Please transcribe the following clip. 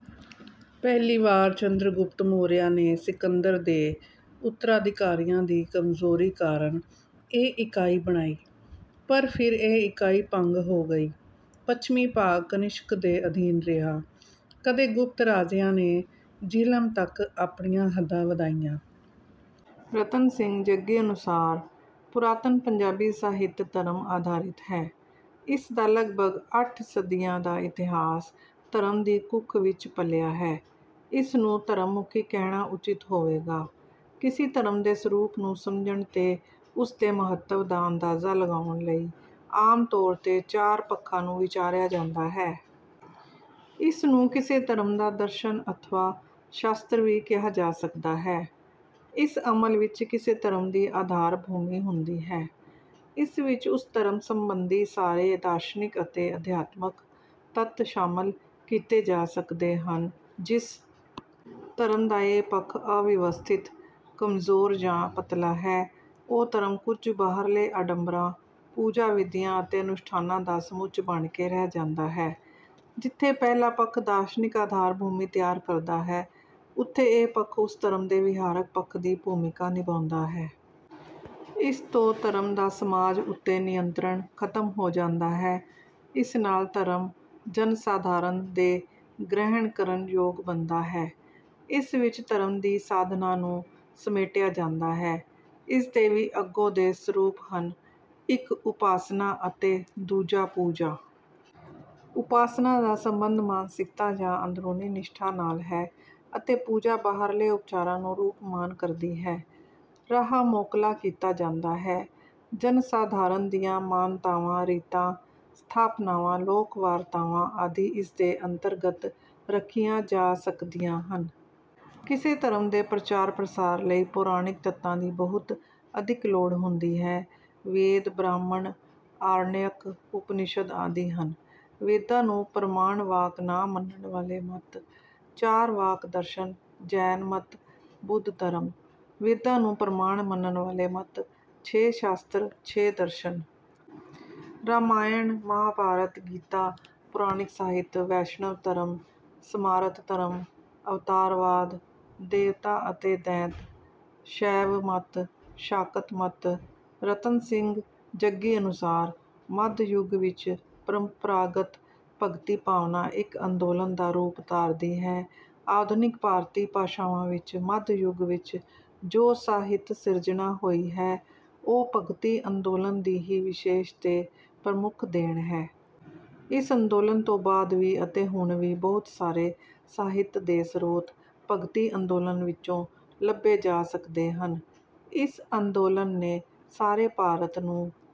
ਪਹਿਲੀ ਵਾਰ ਚੰਦਰਗੁਪਤ ਮੌਰਿਆ ਨੇ ਸਿਕੰਦਰ ਦੇ ਉੱਤਰਾਧਿਕਾਰੀਆਂ ਦੀ ਕਮਜ਼ੋਰੀ ਕਾਰਨ ਇਹ ਇਕਾਈ ਬਣਾਈ, ਪਰ ਫਿਰ ਇਹ ਇਕਾਈ ਭੰਗ ਹੋ ਗਈ। ਪੱਛਮੀ ਭਾਗ ਕਨਿਸ਼ਕ ਦੇ ਅਧੀਨ ਰਿਹਾ। ਕਦੇ ਗੁਪਤ ਰਾਜਿਆਂ ਨੇ ਜਿਹਲਮ ਤੱਕ ਆਪਣੀਆਂ ਹੱਦਾਂ ਵਧਾਈਆਂ। ਰਤਨ ਸਿੰਘ ਜੱਗੀ ਅਨੁਸਾਰ, ਪੁਰਾਤਨ ਪੰਜਾਬੀ ਸਾਹਿਤ ਧਰਮ-ਆਧਾਰਿਤ ਹੈ। ਇਸ ਦਾ ਲਗਭਗ ਅੱਠ ਸਦੀਆਂ ਦਾ ਇਤਿਹਾਸ ਧਰਮ ਦੀ ਕੁੱਖ ਵਿੱਚ ਪਲਿਆ ਹੈ। ਇਸ ਨੂੰ ਧਰਮ-ਮੁਖੀ ਕਹਿਣਾ ਉਚਿਤ ਹੋਵੇਗਾ। ਕਿਸੇ ਧਰਮ ਦੇ ਸਰੂਪ ਨੂੰ ਸਮਝਣ ਤੇ ਉਸ ਦੇ ਮਹੱਤਵ ਦਾ ਅੰਦਾਜ਼ਾ ਲਗਾਉਣ ਲਈ ਆਮ ਤੌਰ ’ਤੇ ਚਾਰ ਪੱਖਾਂ ਨੂੰ ਵਿਚਾਰਿਆ ਜਾਂਦਾ ਹੈ। ਇਸ ਨੂੰ ਕਿਸੇ ਧਰਮ ਦਾ ਦਰਸ਼ਨ ਅਥਵਾ ਸ਼ਾਸਤਰ ਵੀ ਕਿਹਾ ਜਾ ਸਕਦਾ ਹੈ। ਇਸ ਅਮਲ ਵਿੱਚ ਕਿਸੇ ਧਰਮ ਦੀ ਆਧਾਰ-ਭੂਮੀ ਹੁੰਦੀ ਹੈ। ਇਸ ਵਿੱਚ ਉਸ ਧਰਮ ਸੰਬੰਧੀ ਸਾਰੇ ਦਾਰਸ਼ਨਿਕ ਅਤੇ ਅਧਿਆਤਮਕ ਤੱਤ ਸ਼ਾਮਲ ਕੀਤੇ ਜਾ ਸਕਦੇ ਹਨ। ਜਿਸ ਧਰਮ ਦਾ ਇਹ ਪੱਖ ਅਵਿਵਸਥਿਤ, ਕਮਜ਼ੋਰ ਜਾਂ ਪਤਲਾ ਹੈ, ਉਹ ਧਰਮ ਕੁਝ ਬਾਹਰਲੇ ਆਡੰਬਰਾਂ, ਪੂਜਾ-ਵਿਧੀਆਂ ਅਤੇ ਅਨੁਸ਼ਠਾਨਾਂ ਦਾ ਸਮੁੱਚ ਬਣ ਕੇ ਰਹਿ ਜਾਂਦਾ ਹੈ। ਜਿੱਥੇ ਪਹਿਲਾ ਪੱਖ ਦਾਰਸ਼ਨਿਕ ਆਧਾਰ-ਭੂਮੀ ਤਿਆਰ ਕਰਦਾ ਹੈ, ਉੱਥੇ ਇਹ ਪੱਖ ਉਸ ਧਰਮ ਦੇ ਵਿਹਾਰਕ ਪੱਖ ਦੀ ਭੂਮਿਕਾ ਨਿਭਾਉਂਦਾ ਹੈ। ਇਸ ਤੋਂ ਧਰਮ ਦਾ ਸਮਾਜ ਉੱਤੇ ਨਿਯੰਤਰਨ ਖ਼ਤਮ ਹੋ ਜਾਂਦਾ ਹੈ। ਇਸ ਨਾਲ ਧਰਮ ਜਨ-ਸਾਧਾਰਨ ਦੇ ਗ੍ਰਹਿਣ ਕਰਨ ਯੋਗ ਬਣਦਾ ਹੈ। ਇਸ ਵਿੱਚ ਧਰਮ ਦੀ ਸਾਧਨਾ ਨੂੰ ਸਮੇਟਿਆ ਜਾਂਦਾ ਹੈ। ਇਸ ਦੇ ਵੀ ਅੱਗੋਂ ਦੋ ਸਰੂਪ ਹਨ—ਇੱਕ ਉਪਾਸਨਾ ਅਤੇ ਦੂਜਾ ਪੂਜਾ। ਉਪਾਸਨਾ ਦਾ ਸੰਬੰਧ ਮਾਨਸਿਕਤਾ ਜਾਂ ਅੰਦਰੂਨੀ ਨਿਸ਼ਠਾ ਨਾਲ ਹੈ ਅਤੇ ਪੂਜਾ ਬਾਹਰਲੇ ਉਪਚਾਰਾਂ ਨੂੰ ਰੂਪਮਾਨ ਕਰਦੀ ਹੈ। ਰਾਹ ਮੋਕਲਾ ਕੀਤਾ ਜਾਂਦਾ ਹੈ। ਜਨ-ਸਾਧਾਰਨ ਦੀਆਂ ਮਾਨਤਾਵਾਂ, ਰੀਤਾਂ, ਸਥਾਪਨਾਵਾਂ, ਲੋਕ-ਵਾਰਤਾਵਾਂ ਆਦਿ ਇਸ ਦੇ ਅੰਤਰਗਤ ਰੱਖੀਆਂ ਜਾ ਸਕਦੀਆਂ ਹਨ। ਕਿਸੇ ਧਰਮ ਦੇ ਪ੍ਰਚਾਰ-ਪ੍ਰਸਾਰ ਲਈ ਪੌਰਾਣਿਕ ਤੱਤਾਂ ਦੀ ਬਹੁਤ ਅਧਿਕ ਲੋੜ ਹੁੰਦੀ ਹੈ। ਵੇਦ, ਬ੍ਰਾਹਮਣ, ਆਰਣਯਕ, ਉਪਨਿਸ਼ਦ ਆਦਿ ਹਨ। ਵੇਦਾਂ ਨੂੰ ਪ੍ਰਮਾਣ-ਵਾਕ ਨਾ ਮੰਨਣ ਵਾਲੇ ਮੱਤ—ਚਾਰਵਾਕ ਦਰਸ਼ਨ, ਜੈਨ ਮੱਤ, ਬੁੱਧ ਧਰਮ। ਵੇਦਾਂ ਨੂੰ ਪ੍ਰਮਾਣ ਮੰਨਣ ਵਾਲੇ ਮੱਤ—ਛੇ ਸ਼ਾਸਤਰ, ਛੇ ਦਰਸ਼ਨ। ਰਾਮਾਇਣ, ਮਹਾਂਭਾਰਤ, ਗੀਤਾ, ਪੌਰਾਣਿਕ ਸਾਹਿਤ, ਵੈਸ਼ਣਵ ਧਰਮ, ਸਮਾਰਤ ਧਰਮ, ਅਵਤਾਰਵਾਦ, ਦੇਵਤਾ ਅਤੇ ਦੈਂਤ, ਸ਼ੈਵ ਮੱਤ, ਸ਼ਾਕਤ ਮੱਤ। ਰਤਨ ਸਿੰਘ ਜੱਗੀ ਅਨੁਸਾਰ, ਮੱਧ ਯੁੱਗ ਵਿੱਚ ਪਰੰਪਰਾਗਤ ਭਗਤੀ-ਭਾਵਨਾ ਇੱਕ ਅੰਦੋਲਨ ਦਾ ਰੂਪ ਧਾਰਦੀ ਹੈ। ਆਧੁਨਿਕ ਭਾਰਤੀ ਭਾਸ਼ਾਵਾਂ ਵਿੱਚ ਮੱਧ ਯੁੱਗ ਵਿੱਚ ਜੋ ਸਾਹਿਤ-ਸਿਰਜਣਾ ਹੋਈ ਹੈ, ਉਹ ਭਗਤੀ ਅੰਦੋਲਨ ਦੀ ਹੀ ਵਿਸ਼ੇਸ਼ ਤੇ ਪ੍ਰਮੁੱਖ ਦੇਣ ਹੈ। ਇਸ ਅੰਦੋਲਨ ਤੋਂ ਬਾਅਦ ਵੀ ਅਤੇ ਹੁਣ ਵੀ ਬਹੁਤ ਸਾਰੇ ਸਾਹਿਤ ਦੇ ਸਰੋਤ ਭਗਤੀ ਅੰਦੋਲਨ ਵਿੱਚੋਂ ਲੱਭੇ ਜਾ ਸਕਦੇ ਹਨ। ਇਸ ਅੰਦੋਲਨ ਨੇ ਸਾਰੇ ਭਾਰਤ ਨੂੰ...